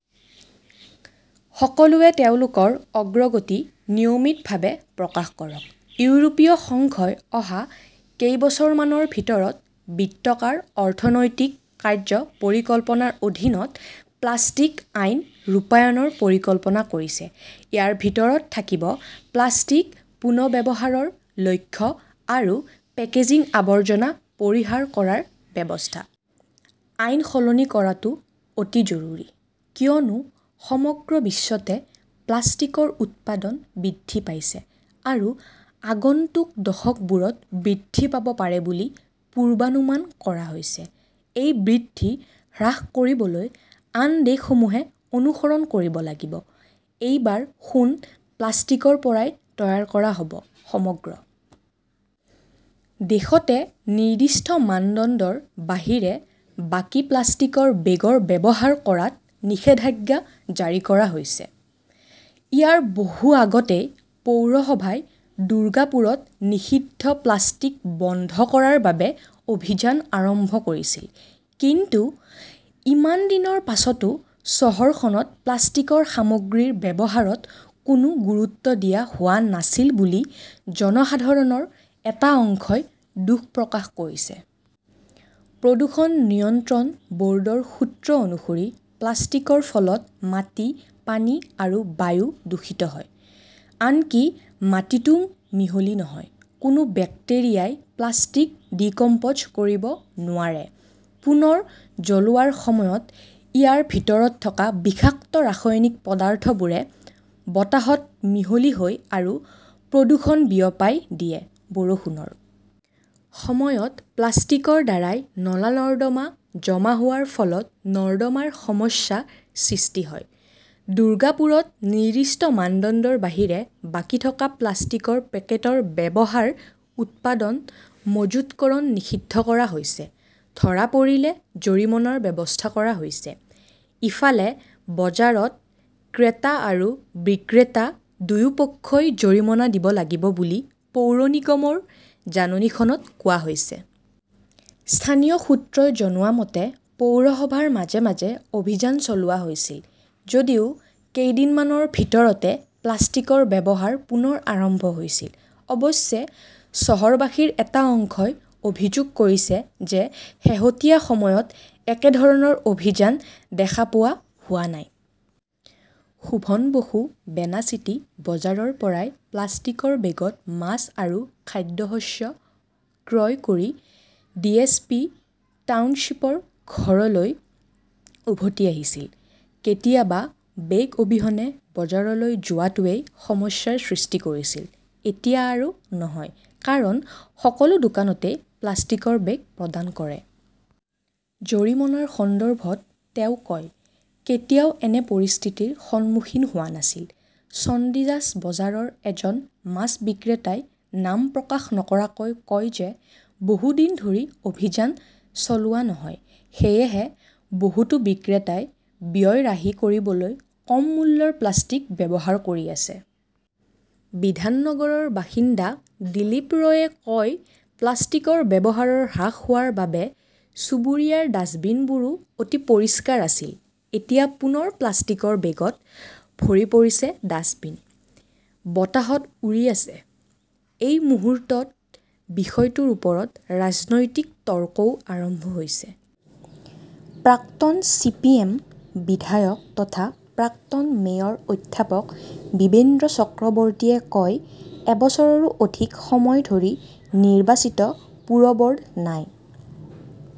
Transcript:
সকলোৱে তেওঁলোকৰ অগ্ৰগতি নিয়মিতভাৱে প্ৰকাশ কৰক। ইউৰোপীয় সংঘই অহা কেইবছৰমানৰ ভিতৰত বৃত্তাকাৰ অৰ্থনৈতিক কাৰ্য্য পৰিকল্পনাৰ অধীনত প্লাষ্টিক আইন ৰূপায়ণৰ পৰিকল্পনা কৰিছে। ইয়াৰ ভিতৰত থাকিব প্লাষ্টিক পুনৰ্ব্যৱহাৰৰ লক্ষ্য আৰু পেকেজিং আৱৰ্জনা পৰিহাৰ কৰাৰ ব্যৱস্থা। আইন সলনি কৰাটো অতি জৰুৰী। কিয়নো সমগ্ৰ বিশ্বতে প্লাষ্টিকৰ উৎপাদন বৃদ্ধি পাইছে আৰু আগন্তুক দশকবোৰত বৃদ্ধি পাব পাৰে বুলি পূৰ্বানুমান কৰা হৈছে। এই বৃদ্ধি হ্ৰাস কৰিবলৈ আন দেশসমূহে অনুসৰণ কৰিব লাগিব। এইবাৰ সোণ প্লাষ্টিকৰ পৰা তৈয়াৰ কৰা হ'ব! সমগ্ৰ দেশতে নিৰ্দিষ্ট মানদণ্ডৰ বাহিৰে বাকী প্লাষ্টিকৰ বেগ ব্যৱহাৰ কৰাত নিষেধাজ্ঞা জাৰি কৰা হৈছে। ইয়াৰ বহু আগতেই পৌৰসভাই দুৰ্গাপুৰত নিষিদ্ধ প্লাষ্টিক বন্ধ কৰাৰ বাবে অভিযান আৰম্ভ কৰিছিল। কিন্তু ইমান দিনৰ পিছতো চহৰখনত প্লাষ্টিকৰ সামগ্ৰীৰ ব্যৱহাৰত কোনো গুৰুত্ব দিয়া হোৱা নাই বুলি জনসাধাৰণৰ এটা অংশই দুখ প্ৰকাশ কৰিছে। প্ৰদূষণ নিয়ন্ত্ৰণ ব'ৰ্ডৰ সূত্ৰ অনুসৰি প্লাষ্টিকৰ ফলত মাটি, পানী আৰু বায়ু দূষিত হয়। আনকি মাটিতও মিহলি নহয়। কোনো বেক্টেৰিয়াই প্লাষ্টিক 'ডিকম্প'জ' কৰিব নোৱাৰে। পুনৰ জ্বলোৱাৰ সময়ত ইয়াৰ ভিতৰত থকা বিষাক্ত ৰাসায়নিক পদাৰ্থবোৰে বতাহত মিহলি হয় আৰু প্ৰদূষণ বিয়পাই দিয়ে। বৰষুণৰ সময়ত প্লাষ্টিকৰ দ্বাৰা নলা-নৰ্দমা জমা হোৱাৰ ফলত নৰ্দমাৰ সমস্যাৰ সৃষ্টি হয়। দুৰ্গাপুৰত নিৰ্দিষ্ট মানদণ্ডৰ বাহিৰে বাকী থকা প্লাষ্টিকৰ পেকেটৰ ব্যৱহাৰ, উৎপাদন, মজুতকৰণ নিষিদ্ধ কৰা হৈছে। ধৰা পৰিলে জৰিমনাৰ ব্যৱস্থা কৰা হৈছে। ইফালে, বজাৰত ক্ৰেতা আৰু বিক্ৰেতা দুয়ো পক্ষই জৰিমনা দিব লাগিব বুলি পৌৰ নিগমৰ জাননীখনত কোৱা হৈছে। স্থানীয় সূত্ৰই জনোৱা মতে, পৌৰসভাৰ মাজে মাজে অভিযান চলোৱা হৈছিল যদিও কেইদিনমানৰ ভিতৰতে প্লাষ্টিকৰ ব্যৱহাৰ পুনৰ আৰম্ভ হৈছিল! অৱশ্যে, চহৰবাসীৰ এটা অংশই অভিযোগ কৰিছে যে শেহতীয়া সময়ত একেধৰণৰ অভিযান দেখা পোৱা হোৱা নাই। সুশোভন বসু বেনাচিটি বজাৰৰ পৰা প্লাষ্টিকৰ বেগত মাছ আৰু খাদ্যশস্য ক্ৰয় কৰি ডিএছপি টাউনশ্বিপৰ ঘৰলৈ উভতি আহিছিল।"কেতিয়াবা বেগ অবিহনে বজাৰলৈ যোৱাটোৱে সমস্যাৰ সৃষ্টি কৰিছিল।"এতিয়া আৰু নহয়। কাৰণ, সকলো দোকানে প্লাষ্টিকৰ বেগ প্ৰদান কৰে। "জৰিমনাৰ সন্দৰ্ভত তেওঁ কয়", "কেতিয়াও এনে পৰিস্থিতিৰ সন্মুখীন হোৱা নাছিল। " "চণ্ডীদাস বজাৰৰ এজন মাছ বিক্ৰেতাই নাম প্ৰকাশ নকৰাকৈ কয় যে বহু দিন ধৰি অভিযান চলোৱা নহয়।" সেয়েহে, বহুতো বিক্ৰেতাই ব্যয় ৰাহি কৰিবলৈ কম মূল্যৰ প্লাষ্টিক ব্যৱহাৰ কৰি আছে। বিধাননগৰৰ বাসিন্দা দিলীপ ৰয়ে কয়, "প্লাষ্টিকৰ ব্যৱহাৰ হ্ৰাস হোৱাৰ বাবে চুবুৰীয়াৰ ডাষ্টবিন বোৰো অতি পৰিষ্কাৰ আছিল। এতিয়া পুনৰ প্লাষ্টিকৰ বেগত ভৰি পৰিছে ডাষ্টবিন। বতাহত উৰি আছে। "এই মুহূৰ্তত, বিষয়টোৰ ওপৰত ৰাজনৈতিক তৰ্কও আৰম্ভ হৈছে। প্ৰাক্তন চি. পি. এম. বিধায়ক তথা প্ৰাক্তন মেয়ৰ অধ্যাপক বিব্ৰেন্দু চক্ৰৱৰ্তীয়ে কয়, "এবছৰৰো অধিক সময় ধৰি নিৰ্বাচিত পুৰব'ৰ্ড নাই।